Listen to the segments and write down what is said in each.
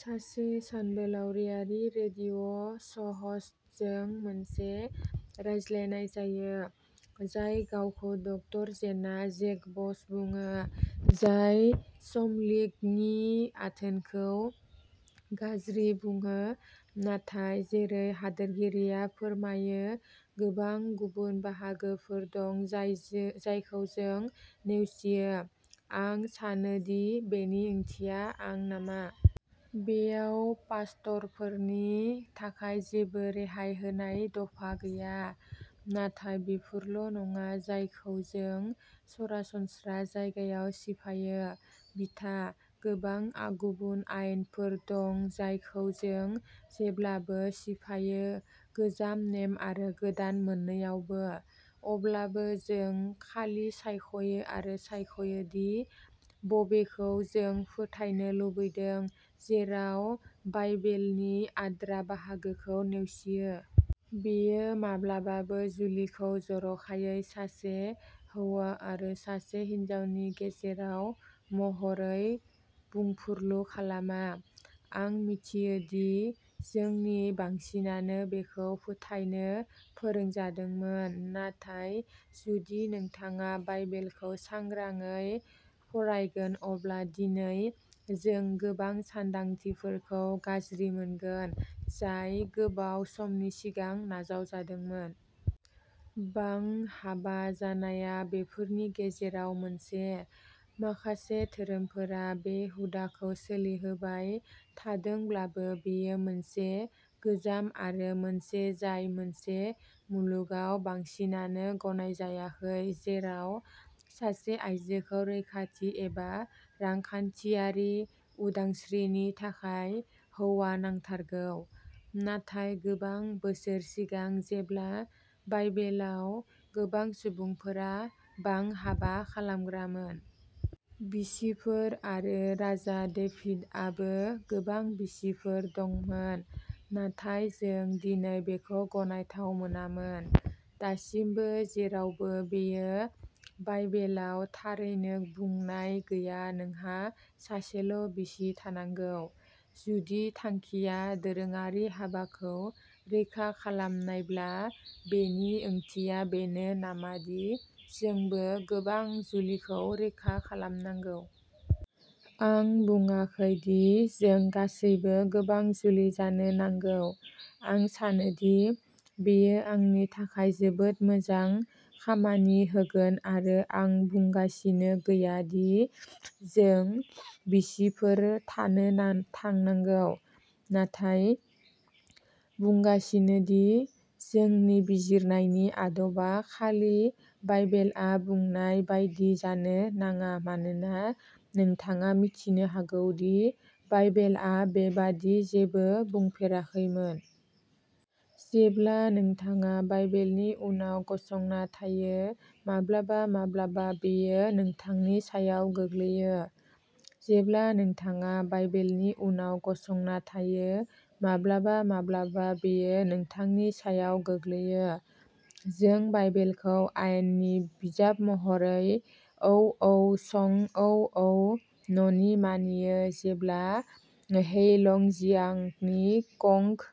सासे सानबोलावरियारि रेडिअ' श'ह'स्टजों मोनसे रायज्लायनाय जायो, जाय गावखौ डक्टर जेना जेकब्स बुङो, जाय समलिगनि आथोनखौ गाज्रि बुङो। नाथाय जेरै हादोरगिरिया फोरमायो, गोबां गुबुन बाहागोफोर दं जायजो जायखौ जों नेवसियो। आं सानो दि बेनि ओंथिया आं नामा। बेयाव पास्टरफोरनि थाखाय जेबो रेहाय होनाय दफा गैया। नाथाय बेफोरल' नङा जायखौ जों सरासनस्रा जायगायाव सिफायो। बिथा। गोबां गुबुन आयेनफोर दं जायखौ जों जेब्लाबो सिफायो गोजाम नेम आरो गोदान मोन्नैआवबो। अब्लाबो जों खालि सायख'यो आरो सायख'यो दि बबेखौ जों फोथायनो लुबैदों, जेराव बाइबेलनि आद्रा बाहागोखौ नेवसियो। बेयो माब्लाबाबो जुलिखौ जर'खायै सासे हौवा आरो सासे हिनजावनि गेजेराव महरै बुंफुरलु खालामा। आं मिथियो दि जोंनि बांसिनानो बेखौ फोथायनो फोरोंजादोंमोन, नाथाय जुदि नोंथाङा बाइबेलखौ सांग्राङै फरायगोन अब्ला दिनै जों गोबां सानदांथिफोरखौ गाज्रि मोनगोन, जाय गोबाव समनि सिगां नाजावजादोंमोन। बां-हाबा जानाया बेफोरनि गेजेराव मोनसे। माखासे धोरोमफोरा बे हुदाखौ सोलिहोबाय थादोंब्लाबो बेयो मोनसे गोजाम आरो मोनसे जाय मोनसे मुलुगाव बांसिनानो गनायजायाखै जेराव सासे आइजोखौ रैखाथि एबा रांखान्थियारि उदांस्रिनि थाखाय हौवा नांथारगौ। नाथाय गोबां बोसोर सिगां जेब्ला बाइबेलाव गोबां सुबुंफोरा बां-हाबा खालामग्रामोन। बिसिफोर आरो राजा डेभिड आबो गोबां बिसिफोर दंमोन। नाथाय जों दिनै बेखौ गनायथाव मोनामोन। दासिमबो जेरावबो बेयो बाइबेलाव थारैनो बुंनाय गैया नोंहा सासेल' बिसि थानांगौ। जुदि थांखिया दोरोङारि हाबाखौ रैखा खालामनायब्ला बेनि ओंथिया बेनो नामा दि जोंबो गोबां जुलिखौ रैखा खालामनांगौ? आं बुंङाखै दि जों गासैबो गोबां जुलि जानो नांगौ। आं सानो दि बेयो आंनि थाखाय जोबोद मोजां खामानि होगोन आरो आं बुंगासिनो गैया दि जों बिसिफोर थानो ना थांनांगौ। नाथाय आं बुंगासिनो दि जोंनि बिजिरनायनि आदबा खालि बाइबेलआ बुंनाय बायदि जानो नाङा मानोना नोंथाङा मिथिनो हागौ दि बाइबेलआ बेबादि जेबो बुंफेराखैमोन। जेब्ला नोंथाङा बाइबेलनि उनाव गसंना थायो, माब्लाबा माब्लाबा बेयो नोंथांनि सायाव गोग्लैयो। जेब्ला नोंथाङा बाइबेलनि उनाव गसंना थायो, माब्लाबा माब्लाबा बेयो नोंथांनि सायाव गोग्लैयो। जों बाइबेलखौ आयेननि बिजाब महरै औऔ शं औऔ ननिमानियो जेब्ला हेइलंजियांगनि कंग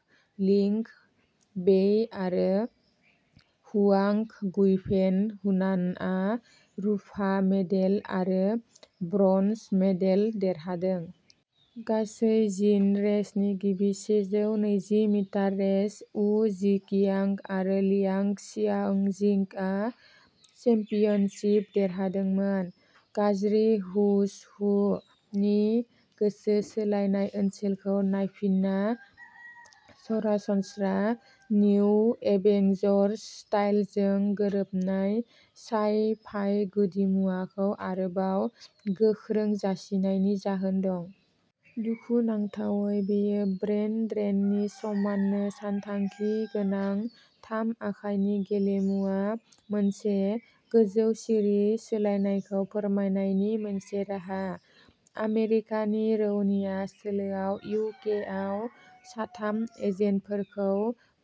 लिंग वेई आरो हुआंग गुइफेन, हुनानआ रुफा मेडेल आरो ब्रन्ज मेडेल देरहादों। गासै जिन रेसनि गिबि सेजौ नैजि मिटार रेस, वु झिकियांग आरो लियांग शियाओजिंगआ चेम्पियनशिप देरहादोंमोन। गाज्रि हु'ज हु?? नि गोसो सोलायनाय ओनसोलखौ नायफिनना सरासनस्रा निउ एवेंजर्स स्टाइलजों गोरोबनाय साइ-फाइ गुदिमुवाखौ आरोबाव गोख्रों जासिनायनि जाहोन दं। दुखुनांथावै बेयो ब्रेन ड्रेननि समाननो सानथांखि गोनां थाम आखाइनि गेलेमुआ मोनसे गोजौ सिरि सोलायनायखौ फोरमायनायनि मोनसे राहा। आमेरिकानि रौनिया सोलोआव इउ के आव साथाम एजेन्टफोरखौ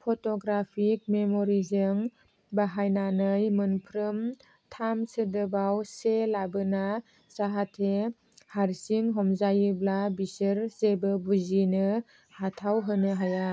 फट'ग्राफिक मेम'रिजों बाहायनानै मोनफ्रोम थाम सोदोबआव से लाबोना जाहाथे हारसिं हमजायोब्ला बिसोर जेबो बुजिनो हाथाव होनो हाया।